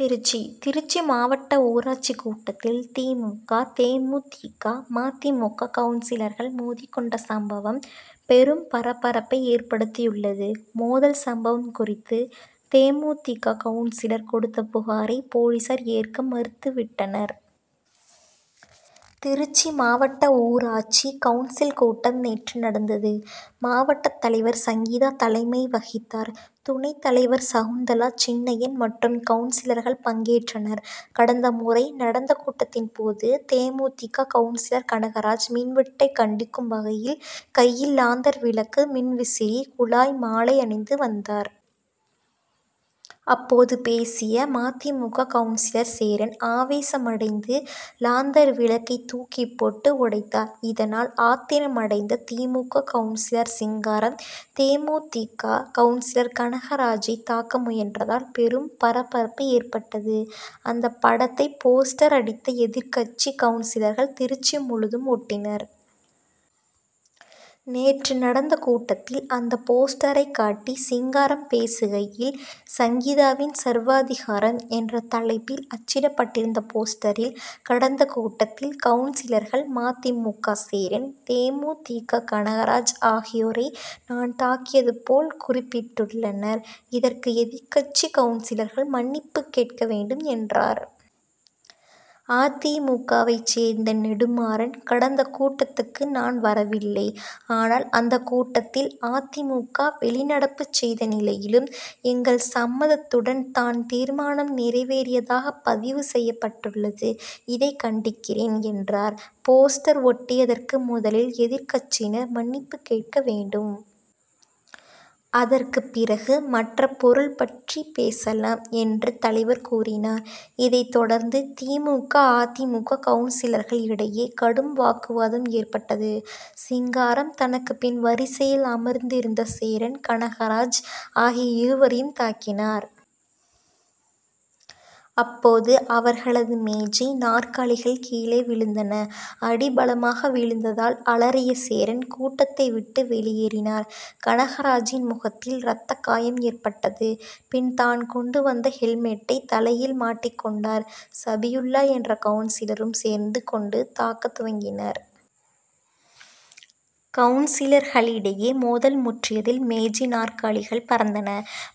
திருச்சி திருச்சி மாவட்ட ஊராட்சி கூட்டத்தில், தி. மு. க., தே. மு. தி. க., ம. தி. மு. க., கவுன்சிலர்கள் மோதிக் கொண்ட சம்பவம், பெரும் பரபரப்பை ஏற்படுத்தியுள்ளது. மோதல் சம்பவம் குறித்து, தே. மு. தி. க., கவுன்சிலர் கொடுத்த புகாரை, போலீசார் ஏற்க மறுத்து விட்டனர். திருச்சி மாவட்ட ஊராட்சி கவுன்சில் கூட்டம் நேற்று நடந்தது. மாவட்டத் தலைவர் சங்கீதா தலைமை வகித்தார். துணைத் தலைவர் சகுந்தலா சின்னையன் மற்றும் கவுன்சிலர்கள் பங்கேற்றனர். கடந்த முறை நடந்த கூட்டத்தின் போது, தே. மு. தி. க., கவுன்சிலர் கனகராஜ், மின்வெட்டை கண்டிக்கும் வகையில் கையில் லாந்தர் விளக்கு, மின்விசிறி, குழாய் மாலை அணிந்து வந்தார். அப்போது, பேசிய ம. தி. மு. க., கவுன்சிலர் சேரன் ஆவேசமடைந்து, லாந்தர் விளக்கை தூக்கி போட்டு உடைத்தார். இதனால், ஆத்திரமடைந்த தி. மு. க., கவுன்சிலர் சிங்காரம், தே. மு. தி. க., கவுன்சிலர் கனகராஜை தாக்க முயன்றதால், பெரும் பரபரப்பு ஏற்பட்டது. அந்த படத்தை போஸ்டர் அடித்த, எதிர்க்கட்சி கவுன்சிலர்கள், திருச்சி முழுதும் ஒட்டினர். நேற்று நடந்த கூட்டத்தில், அந்த போஸ்டரை காட்டி சிங்காரம் பேசுகையில், சங்கீதாவின் சர்வாதிகாரம்' என்ற தலைப்பில் அச்சிடப்பட்டிருந்த போஸ்டரில், கடந்த கூட்டத்தில், கவுன்சிலர்கள் ம. தி. மு. க., சேரன், தே. மு. தி. க., கனகராஜ் ஆகியோரை நான் தாக்கியது போல் குறிப்பிட்டுள்ளனர். இதற்கு எதிர்க்கட்சி கவுன்சிலர்கள் மன்னிப்புக் கேட்க வேண்டும் என்றார். அ. தி. மு. க.,வைச் சேர்ந்த நெடுமாறன், கடந்த கூட்டத்துக்கு நான் வரவில்லை. ஆனால், அந்த கூட்டத்தில் அ. தி. மு. க., வெளிநடப்பு செய்த நிலையிலும், எங்கள் சம்மதத்துடன் தான் தீர்மானம் நிறைவேறியதாக பதிவு செய்யப்பட்டுள்ளது இதை கண்டிக்கிறேன்,'' என்றார். போஸ்டர் ஒட்டியதற்கு முதலில் எதிர்க்கட்சியினர் மன்னிப்பு கேட்க வேண்டும். அதற்கு பிறகு மற்ற பொருள் பற்றி பேசலாம், என்று, தலைவர் கூறினார். இதைத் தொடர்ந்து தி. மு. க., அ. தி. மு. க., கவுன்சிலர்கள் இடையே கடும் வாக்குவாதம் ஏற்பட்டது. சிங்காரம், தனக்கு பின் வரிசையில் அமர்ந்திருந்த சேரன், கனகராஜ் ஆகிய இருவரையும் தாக்கினார். அப்போது அவர்களது மேஜை, நாற்காலிகள் கீழே விழுந்தன. அடி பலமாக விழுந்ததால், அலறிய சேரன், கூட்டத்தை விட்டு வெளியேறினார். கனகராஜின் முகத்தில் ரத்த காயம் ஏற்பட்டது. பின், தான் கொண்டு வந்த, ஹெல்மெட்டை தலையில் மாட்டிக் கொண்டார். சபியுல்லா என்ற கவுன்சிலரும் சேர்ந்து கொண்டு தாக்கத் துவங்கினார். கவுன்சிலரிடையே மோதல் முற்றியதில் மேஜை, நாற்காலிகள் பறந்தன.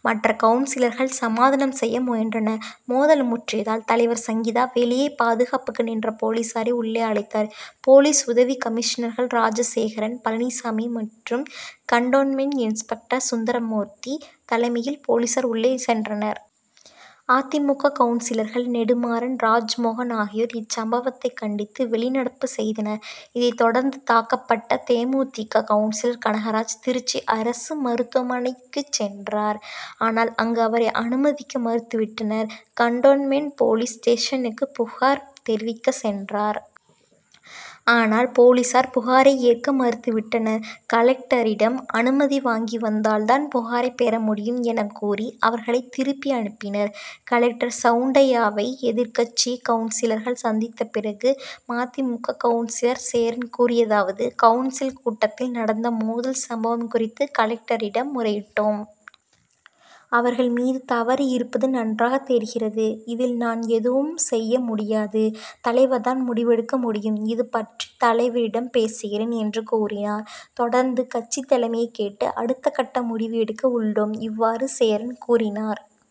மற்ற கவுன்சிலர்கள் சமாதானம் செய்ய முயன்றனர். மோதல் முற்றியதால், தலைவர் சங்கீதா, வெளியே பாதுகாப்புக்கு நின்ற போலீசாரை உள்ளே அழைத்தார். போலீஸ் உதவி கமிஷனர்கள் ராஜசேகரன், பழனிசாமி மற்றும் கன்டோன்மென்ட் இன்ஸ்பெக்டர் சுந்தரமூர்த்தி தலைமையில், போலீசார் உள்ளே சென்றனர். அ. தி. மு. க., கவுன்சிலர்கள் நெடுமாறன், ராஜ்மோகன் ஆகியோர், இச்சம்பவத்தை கண்டித்து வெளிநடப்பு செய்தனர். இதைத் தொடர்ந்து தாக்கப்பட்ட தே. மு. தி. க., கவுன்சிலர் கனகராஜ் திருச்சி அரசு மருத்துவமனைக்குச் சென்றார். ஆனால், அங்கு அவரை அனுமதிக்க மறுத்துவிட்டனர். கன்டோன்மென்ட் போலீஸ் ஸ்டேஷனுக்கு புகார் தெரிவிக்கச் சென்றார். ஆனால், போலீசார் புகாரை ஏற்க மறுத்துவிட்டனர். கலெக்டரிடம் அனுமதி வாங்கி வந்தால் தான் புகாரை பெறமுடியும்' எனக் கூறி, அவர்களை திருப்பியனுப்பினர். கலெக்டர் சவுண்டையாவை எதிர்க்கட்சி கவுன்சிலர்கள் சந்தித்த பிறகு ம. தி. மு. க., கவுன்சிலர் சேரன் கூறியதாவது கவுன்சில் கூட்டத்தில் நடந்த மோதல் சம்பவம் குறித்து கலெக்டரிடம் முறையிட்டோம். அவர்கள் மீது தவறு இருப்பது நன்றாக தெரிகிறது. இதில், நான் எதுவும் செய்ய முடியாது. தலைவர் தான் முடிவெடுக்க முடியும். இதுபற்றி தலைவரிடம் பேசுகிறேன்' என்று கூறினார். தொடர்ந்து கட்சித் தலைமையைக் கேட்டு அடுத்தக்கட்ட முடிவு எடுக்க உள்ளோம். இவ்வாறு சேரன் கூறினார்.